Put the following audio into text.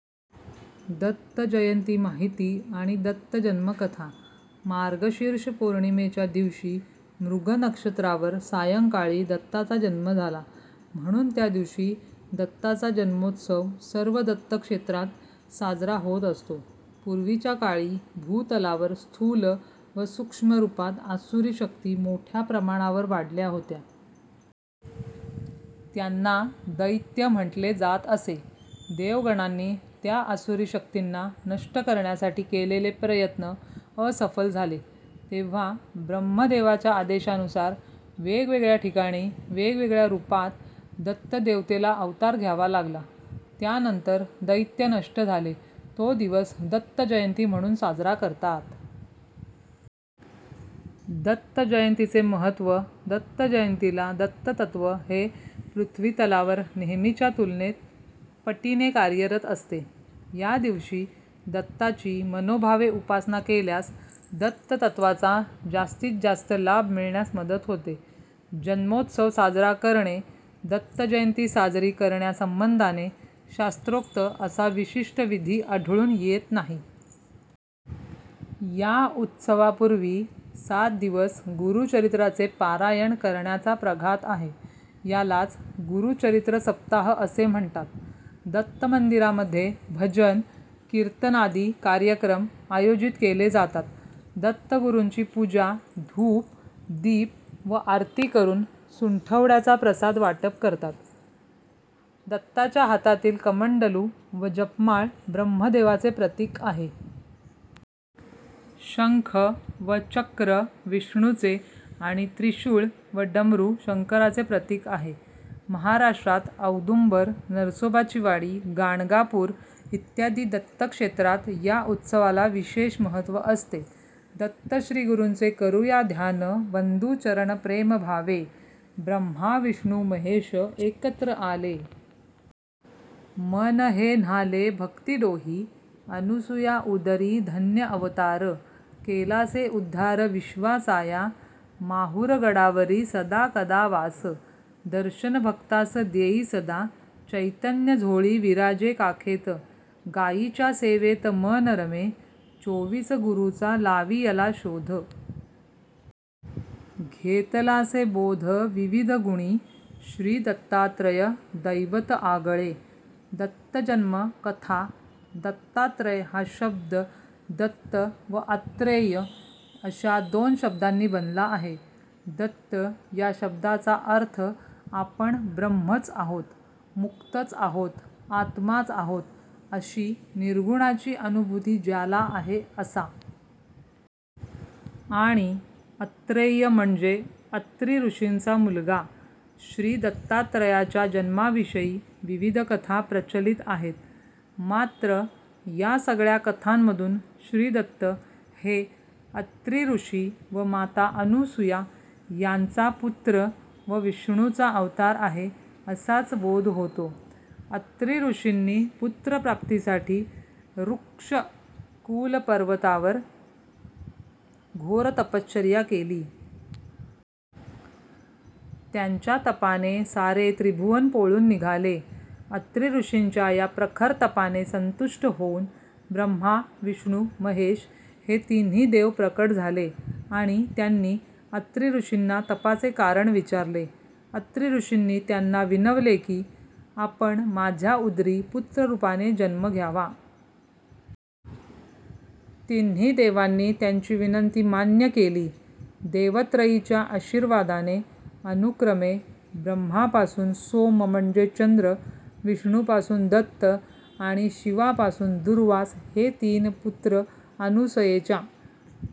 दत्तजयंती माहिती अणि दत्त जन्म कथा मार्गशीर्ष पौर्णिमेच्या दिवशी मृग नक्षत्रावर सायंकाळी दत्ताचा जन्म झाला, म्हणून त्या दिवशी दत्ताचा जन्मोत्सव सर्व दत्तक्षेत्रांत साजरा होत असतो. पूर्वीच्या काळी भूतलावर स्थूल व सूक्ष्म रूपांत आसुरी शक्ती मोठ्या प्रमाणावर वाढल्या होत्या. त्यांना दैत्य म्हटले जात असे. देवगणांनी त्या आसुरी शक्तींना नष्ट करण्यासाठी केलेले प्रयत्न असफल झाले. तेव्हा ब्रह्मदेवाच्या आदेशानुसार वेगवेगळया ठिकाणी वेगवेगळया रूपांत दत्त देवतेला अवतार घ्यावा लागला. त्यानंतर दैत्य नष्ट झाले. तो दिवस दत्तजयंती' म्हणून साजरा करतात. दत्तजयंतीचे महत्त्व दत्तजयंतीला दत्ततत्त्व हे पृथ्वीतलावर नेहमीच्या तुलनेत पटीने कार्यरत असते. या दिवशी दत्ताची मनोभावे उपासना केल्यास दत्ततत्त्वाचा जास्तीतजास्त लाभ मिळण्यास मदत होते. जन्मोत्सव साजरा करणे दत्तजयंती साजरी करण्यासंबंधाने शास्त्रोक्त असा विशिष्ट विधी आढळून येत नाही. या उत्सवापूर्वी सात दिवस गुरुचरित्राचे पारायण करण्याचा प्रघात आहे. यालाच गुरुचरित्रसप्ताह असे म्हणतात. दत्तमंदिरामध्ये भजन, कीर्तनादी कार्यक्रम आयोजीत केले जातात. दत्तगुरूंची पूजा, धूप, दीप व आरती करून सुंठवड्याचा प्रसाद वाटप करतात. दत्ताच्या हातातील कमंडलू व जपमाळ ब्रह्मदेवाचे प्रतीक आहे. शंख व चक्र विष्णूचे आणि त्रिशूळ व डमरू शंकराचे प्रतीक आहे. महाराष्ट्रात औदुंबर, नरसोबाची वाडी, गाणगापूर इत्यादी दत्तक्षेत्रांत या उत्सवाला विशेष महत्त्व असते. दत्तश्रीगुरूंचे करुया ध्यान वंदू चरण प्रेमभावे. ब्रह्मा विष्णू महेश एकत्र आले…. मन हे न्हाले भक्ती डोही। अनुसया उदरी धन्य अवतार।। केलासे उद्धार विश्वाचा या। माहुरगडावरी सदा कदा वास।। दर्शन भक्तास देई सदा। चैतन्य झोळी विराजे काखेत।। गाईच्या सेवेत मन रमे। चोविस गुरूचा लावियला शोध।। घेतलासे बोध विविधगुणी। श्री दत्तात्रय दैवत आगळे, दत्तजन्म कथा दत्तात्रय हा शब्द 'दत्त' व 'आत्रेय' अशा दोन शब्दांनी बनला आहे. 'दत्त' या शब्दाचा अर्थ आपण ब्रह्मच आहोत, मुक्तच आहोत, आत्माच आहोत, अशी निर्गुणाची अनुभूती ज्याला आहे असा. आणि 'अत्रेय' म्हणजे अत्री ऋषींचा मुलगा. श्री दत्तात्रयाच्या जन्माविषयी विविध कथा प्रचलित आहेत. मात्र या सगळ्या कथांमधून श्रीदत्त हे अत्रीऋषी व माता अनुसूया यांचा पुत्र व विष्णूचा अवतार आहे, असाच बोध होतो. अत्रीऋषींनी पुत्रप्राप्तीसाठी ऋक्ष कुलपर्वतावर घोर तपश्चर्या केली. त्यांच्या तपाने सारे त्रिभुवन पोळून निघाले. अत्रीऋषींच्या या प्रखर तपाने संतुष्ट होऊन ब्रह्मा-विष्णु-महेश हे तिन्ही देव प्रकट झाले. आणि त्यांनी अत्रीऋषींना तपाचे कारण विचारले. अत्रीऋषींनी त्यांना विनवले की, आपण माझ्या उदरी पुत्ररूपाने जन्म घ्यावा. तिन्ही देवांनी त्यांची विनंती मान्य केली. देवत्रयीच्या आशीर्वादाने अनुक्रमे ब्रह्मापासून सोम म्हणजे चंद्र, विष्णूपासून दत्त आणि शिवापासून दुर्वास हे तीन पुत्र अनुसयेच्या